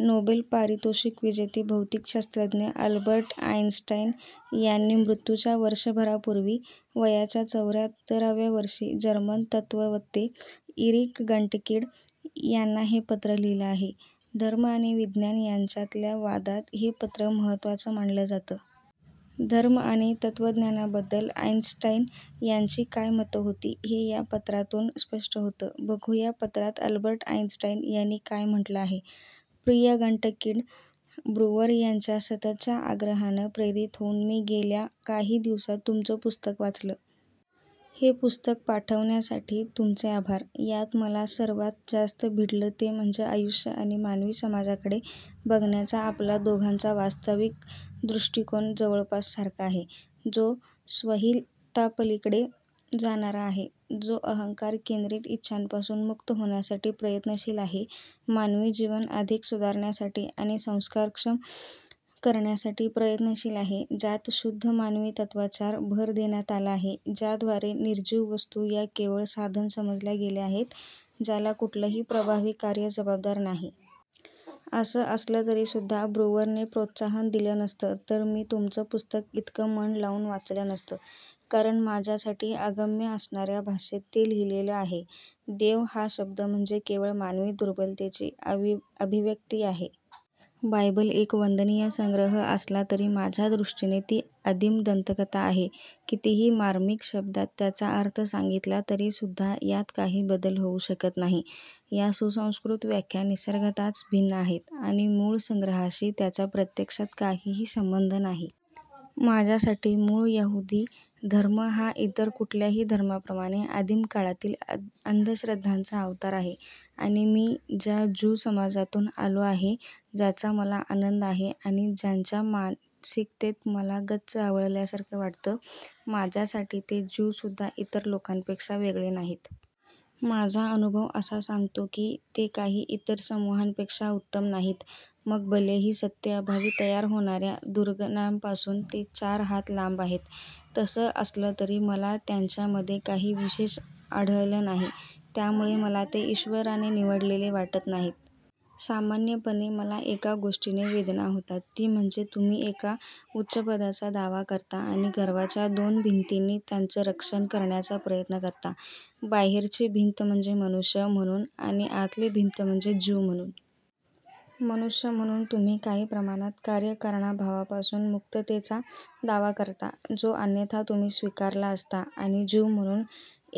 Nobel पारितोषिक विजेते भौतिक शास्त्रज्ञ अल्बर्ट आईनस्टाईन यांनी मृत्यूच्या वर्षभरापूर्वी वयाच्या चौऱ्याहत्तर व्या वर्षी जर्मन तत्त्ववत्ते इरिक गटकिंड यांना हे पत्र लिहिलं आहे. धर्म आणि विज्ञान यांच्यातल्या वादात हे पत्र महत्त्वाचं मानलं जातं. धर्म आणि तत्त्वज्ञानाबद्दल आईनस्टाईन यांची काय मतं होती, हे या पत्रातून स्पष्ट होतं. बघूया पत्रात अल्बर्ट आईनस्टाईन यांनी काय म्हटलं आहे. प्रियगटकिंड, ब्रुवर यांच्या सततच्या आग्रहानं प्रेरित होऊन मी गेल्या काही दिवसात तुमचं पुस्तक वाचलं. हे पुस्तक पाठवण्यासाठी तुमचे आभार. यात मला सर्वांत जास्त भिडलं ते म्हणजे आयुष्य आणि मानवी समाजाकडे बघण्याचा आपला दोघांचा वास्तविक दृष्टिकोन जवळपास सारखा आहे. जो स्वहितापलिकडे जाणारा आहे, जो अहंकार केंद्रित इच्छांपासून मुक्त होण्यासाठी प्रयत्नशील आहे, मानवी जीवन अधिक सुधारण्यासाठी आणि संस्कारक्षम करण्यासाठी प्रयत्नशील आहे, ज्यात शुद्ध मानवी तत्त्वावर भर देण्यात आला आहे, ज्याद्वारे निर्जीव वस्तू या केवळ साधन समजल्या गेल्या आहेत, ज्याला कुठलंही प्रभावी कार्य जबाबदार नाही. असं असलं तरीसुद्धा ब्रुवरने प्रोत्साहन दिलं नसतं तर मी तुमचं पुस्तक इतकं मन लावून वाचलं नसतं. कारण माझ्यासाठी अगम्य असणाऱ्या भाषेत ते लिहिलेलं आहे. देव हा शब्द म्हणजे केवळ मानवी दुर्बलतेची अभिव्यक्ती आहे. बायबल एक वंदनीय संग्रह असला तरी माझ्या दृष्टीने ती आदीम दंतकथा आहे. कितीही मार्मिक शब्दांत त्याचा अर्थ सांगितला तरीसुद्धा यात काही बदल होऊ शकत नाही. या सुसंस्कृत व्याख्या निसर्गतःच भिन्न आहेत आणि मूळ संग्रहाशी त्याचा प्रत्यक्षात काहीही संबंध नाही. माझ्यासाठी मूळ यहुदी धर्म हा इतर कुठल्याही धर्माप्रमाणे आदीम काळातील अंधश्रद्धांचा अवतार आहे. आणि मी ज्या ज्यू समाजातून आलो आहे ज्याचा मला आनंद आहे आणि ज्यांच्या मानसिकतेत मला गच्च आवळल्यासारखं वाटतं, माझ्यासाठी ते ज्यूसुद्धा इतर लोकांपेक्षा वेगळे नाहीत. माझा अनुभव असा सांगतो की ते काही इतर समूहांपेक्षा उत्तम नाहीत. मग भलेही सत्तेअभावी तयार होणाऱ्या दुर्गणांपासून ते चार हात लांब आहेत. तसं असलं तरी मला त्यांच्यामध्ये काही विशेष आढळलं नाही. त्यामुळे मला ते 'ईश्वराने निवडलेले' वाटत नाहीत. सामान्यपणे मला एका गोष्टीने वेदना होतात ती म्हणजे तुम्ही एका उच्चपदाचा दावा करता आणि गर्वाच्या दोन भिंतींनी त्याचं रक्षण करण्याचा प्रयत्न करता. बाहेरची भिंत म्हणजे मनुष्य म्हणून आणि आतली भिंत म्हणजे ज्यू म्हणून. मनुष्य म्हणून तुम्ही, काही प्रमाणात, कार्यकारणभावापासून मुक्ततेचा दावा करता, जो अन्यथा तुम्ही स्वीकारला असता आणि ज्यू म्हणून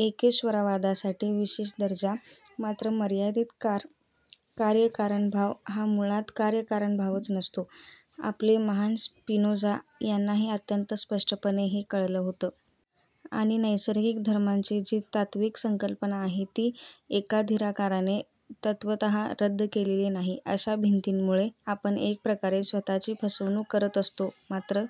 एकेश्वरवादासाठी विशेष दर्जा. मात्र मर्यादित कार्यकारणभाव हा मुळात कार्यकारणभावच नसतोच. आपले महान स्पिनोझा यांना हे अत्यंत स्पष्टपणे हे कळलं होतं. आणि नैसर्गिक धर्मांची जी तात्त्विक संकल्पना आहे ती एकाधिकाराने तत्त्वतः रद्द केलेली नाही. अशा भिंतींमुळे आपण एक प्रकारे स्वतःची फसवणूक करत असतो मात्र